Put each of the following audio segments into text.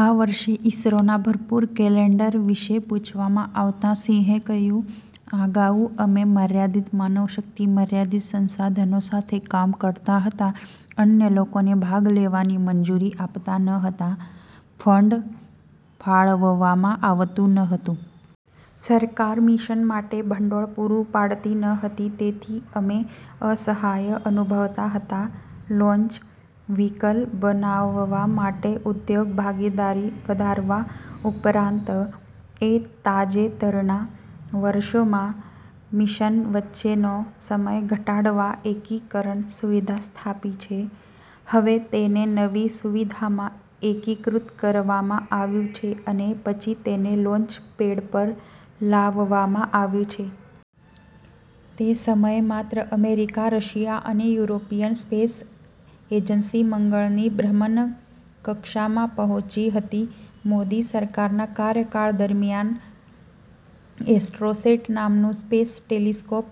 આ વર્ષે ઈસરોના ભરપૂર કેલેન્ડર વિશે પૂછવામાં આવતા સિંહે કહ્યું, "અગાઉ અમે મર્યાદિત માનવશક્તિ, મર્યાદિત સંસાધનો સાથે કામ કરતા હતા. અન્ય લોકોને ભાગ લેવાની મંજૂરી આપતા ન હતા. ફંડ ફાળવવામાં આવતું ન હતું. સરકાર મિશન માટે ભંડોળ પૂરું પાડતી ન હતી. તેથી અમે અસહાય અનુભવતા હતા. લોન્ચ વ્હીકલ બનાવવા માટે ઉદ્યોગ ભાગીદારી વધારવા ઉપરાંત, એ તાજેતરના વર્ષોમાં મિશન વચ્ચેનો સમય ઘટાડવા એકીકરણ સુવિધા સ્થાપી છે. હવે, તેને નવી સુવિધામાં એકીકૃત કરવામાં આવ્યું છે અને પછી તેને લોન્ચ પેડ પર લાવવામાં આવ્યું છે. તે સમયે માત્ર અમેરિકા, રશિયા અને યુરોપિયન સ્પેસ એજન્સી મંગળની ભ્રમણકક્ષામાં પહોંચી હતી. મોદી સરકારના કાર્યકાળ દરમિયાન એસ્ટ્રોસેટ નામનું સ્પેસ ટેલિસ્કોપ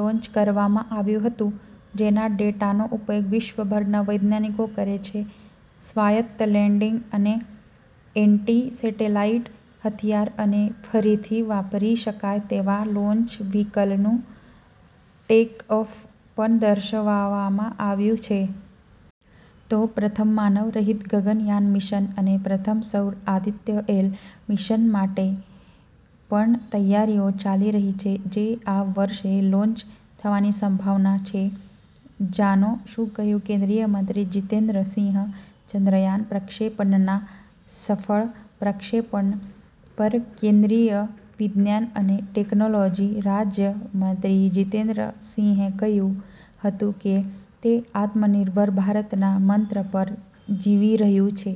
લોન્ચ કરવામાં આવ્યું હતું, જેના ડેટાનો ઉપયોગ વિશ્વભરના વૈજ્ઞાનિકો કરે છે. સ્વાયત્ત લેન્ડિંગ અને એન્ટી-સેટેલાઇટ હથિયાર અને ફરીથી વાપરી શકાય તેવા લોન્ચ વ્હીકલનું ટેકઓફ પણ દર્શાવવામાં આવ્યું છે. તો, પ્રથમ માનવરહિત ગગનયાન મિશન અને પ્રથમ સૌર આદિત્ય એલ મિશન માટે પણ તૈયારીઓ ચાલી રહી છે, જે આ વર્ષે લોન્ચ થવાની સંભાવના છે. જાણો શું કહ્યું કેન્દ્રીય મંત્રી જીતેન્દ્ર સિંહ? ચંદ્રયાન પ્રક્ષેપણના સફળ પ્રક્ષેપણ પર કેન્દ્રીય વિજ્ઞાન અને ટેકનોલોજી રાજ્ય મંત્રી જિતેન્દ્ર સિંહે કહ્યું હતું કે, તે આત્મનિર્ભર ભારતના મંત્ર પર જીવી રહ્યું છે.